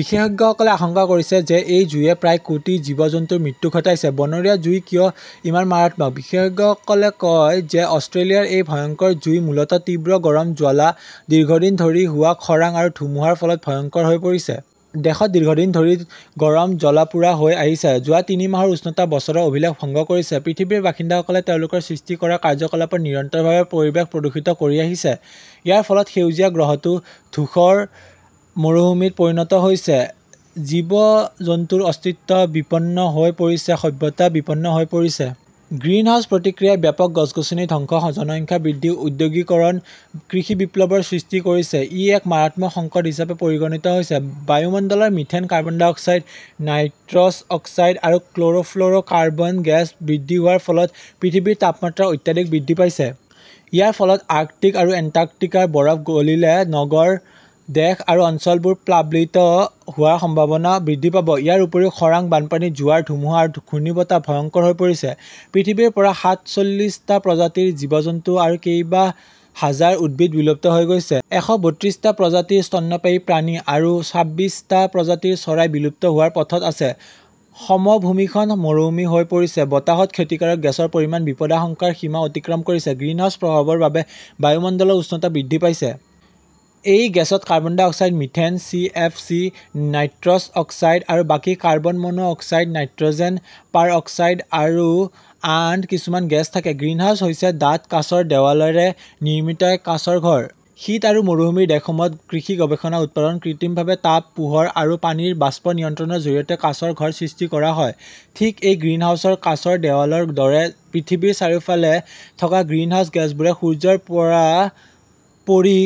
বিশেষজ্ঞসকলে আশংকা কৰিছে যে এই জুইয়ে প্ৰায় কোটি জীৱ-জন্তুৰ মৃত্যু ঘটাইছে। বনৰীয়া জুই কিয় ইমান মাৰাত্মক? বিশেষজ্ঞসকলে কয় যে অষ্ট্ৰেলিয়াৰ এই ভয়ংকৰ জুই মূলতঃ তীব্ৰ গৰম জ্বলা, দীৰ্ঘদিন ধৰি হোৱা খৰাং আৰু ধুমুহাৰ ফলত ভয়ংকৰ হৈ পৰিছে। দেশত দীৰ্ঘদিন ধৰি গৰম জ্বলা-পোৰা হৈ আহিছে। যোৱা তিনি মাহৰ উষ্ণতা বছৰৰ অভিলেখ ভংগ কৰিছে। পৃথিৱীৰ বাসিন্দাসকলে তেওঁলোকৰ সৃষ্টি কৰা কাৰ্যকলাপত নিৰন্তৰভাৱে পৰিৱেশ প্ৰদূষিত কৰি আহিছে। ইয়াৰ ফলত সেউজীয়া গ্ৰহটো ধূসৰ মৰুভূমিত পৰিণত হৈছে, জীৱ-জন্তুৰ অস্তিত্ব বিপন্ন হৈ পৰিছে, সভ্যতা বিপন্ন হৈ পৰিছে। গ্ৰীণহাউছ প্ৰতিক্ৰিয়াই ব্যাপক গছ-গছনি ধ্বংস, জনসংখ্যা বৃদ্ধি, ঔদ্যোগিকৰণ, কৃষি বিপ্লৱৰ সৃষ্টি কৰিছে। ই এক মাৰাত্মক সংকট হিচাপে পৰিগণিত হৈছে। বায়ুমণ্ডলৰ methane, carbon dioxide, nitrous oxide আৰু ক্ল'ৰ'ফ্ল'ৰ কাৰ্বন গেছ বৃদ্ধি হোৱাৰ ফলত পৃথিৱীৰ তাপমাত্ৰা অত্যাধিক বৃদ্ধি পাইছে। ইয়াৰ ফলত আৰ্কটিক আৰু এণ্টাৰ্কটিকাৰ বৰফ গলিলে নগৰ, দেশ আৰু অঞ্চলবোৰ প্লাবিত হোৱাৰ সম্ভাৱনা বৃদ্ধি পাব ।ইয়াৰ উপৰিও খৰাং, বানপানী, জোৱাৰ, ধুমুহা আৰু ঘূৰ্ণীবতাহ ভয়ংকৰ হৈ পৰিছে। পৃথিৱীৰ পৰা সাত চল্লিশ টা প্ৰজাতিৰ জীৱ-জন্তু আৰু কেইবা হাজাৰ উদ্ভিদ বিলুপ্ত হৈ গৈছে। এশ বত্ৰিশ টা প্ৰজাতিৰ স্তন্যপায়ী প্ৰাণী আৰু ছাব্বিশ টা প্ৰজাতিৰ চৰাই বিলুপ্ত হোৱাৰ পথত আছে। সমভূমিখন মৰুভূমি হৈ পৰিছে, বতাহত ক্ষতিকাৰক গেছৰ পৰিমাণ বিপদাশংকাৰ সীমা অতিক্ৰম কৰিছে। গ্ৰীণহাউছ প্ৰভাৱৰ বাবে বায়ুমণ্ডলৰ উষ্ণতা বৃদ্ধি পাইছে। এই গেছত carbon dioxide, methane, C. F. C., nitrous oxide আৰু বাকী carbon monoxide, nitrogen peroxide আৰু আন কিছুমান গেছ থাকে। গ্ৰীণহাউছ হৈছে ডাঠ কাঁচৰ দেৱালেৰে নিৰ্মিত এটা কাঁচৰ ঘৰ। শীত আৰু মৰুভূমিৰ দেশসমূহত কৃষি গৱেষণা উৎপাদন কৃত্ৰিমভাৱে তাপ, পোহৰ আৰু পানীৰ বাষ্প নিয়ন্ত্ৰণৰ জৰিয়তে কাঁচৰ ঘৰ সৃষ্টি কৰা হয়। ঠিক এই গ্ৰীণহাউছৰ কাঁচৰ দেৱালৰ দৰে পৃথিৱীৰ চাৰিওফালে থকা গ্ৰীণহাউছ গেছবোৰে সূৰ্যৰ পৰা পৰি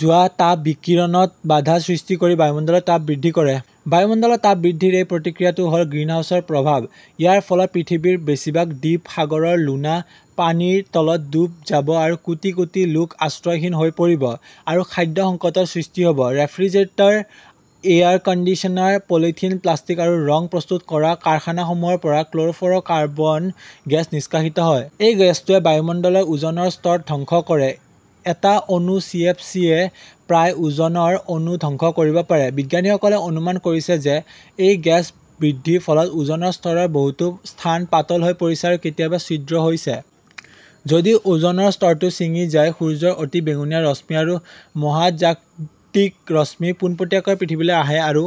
যোৱা তাপ বিকিৰণত বাধা সৃষ্টি কৰি বায়ুমণ্ডলৰ তাপ বৃদ্ধি কৰে। বায়ুমণ্ডলত তাপ বৃদ্ধিৰ এই প্ৰতিক্ৰিয়াটো হ'ল গ্ৰীণহাউছৰ প্ৰভাৱ। ইয়াৰ ফলত পৃথিৱীৰ বেছিভাগ দ্বীপ সাগৰৰ লোণা পানীৰ তলত ডুব যাব আৰু কোটি কোটি লোক আশ্ৰয়হীন হৈ পৰিব আৰু খাদ্য সংকটৰ সৃষ্টি হ'ব। Refrigerator, air conditioner, polythene, plastic আৰু ৰং প্ৰস্তুত কৰা কাৰখানাসমূহৰ পৰা ক্ল'ৰ'ফ্ল'ৰ কাৰ্বন গেছ নিষ্কাশিত হয়। এই গেছটোৱে বায়ুমণ্ডলৰ ওজনৰ স্তৰ ধ্বংস কৰে। এটা অণু চি. এফ. চি. য়ে প্ৰায় ওজনৰ অণু ধ্বংস কৰিব পাৰে। বিজ্ঞানীসকলে অনুমান কৰিছে যে এই গেছ বৃদ্ধিৰ ফলত ওজনৰ স্তৰৰ বহুতো স্থান পাতল হৈ পৰিছে আৰু কেতিয়াবা ছিদ্ৰ হৈছে। যদি ওজনৰ স্তৰটো ছিঙি যায়, সূৰ্যৰ অতি বেঙুনীয়া ৰশ্মি আৰু মহাজাগতিক ৰশ্মি পোনপটীয়াকৈ পৃথিৱীলৈ আহে আৰু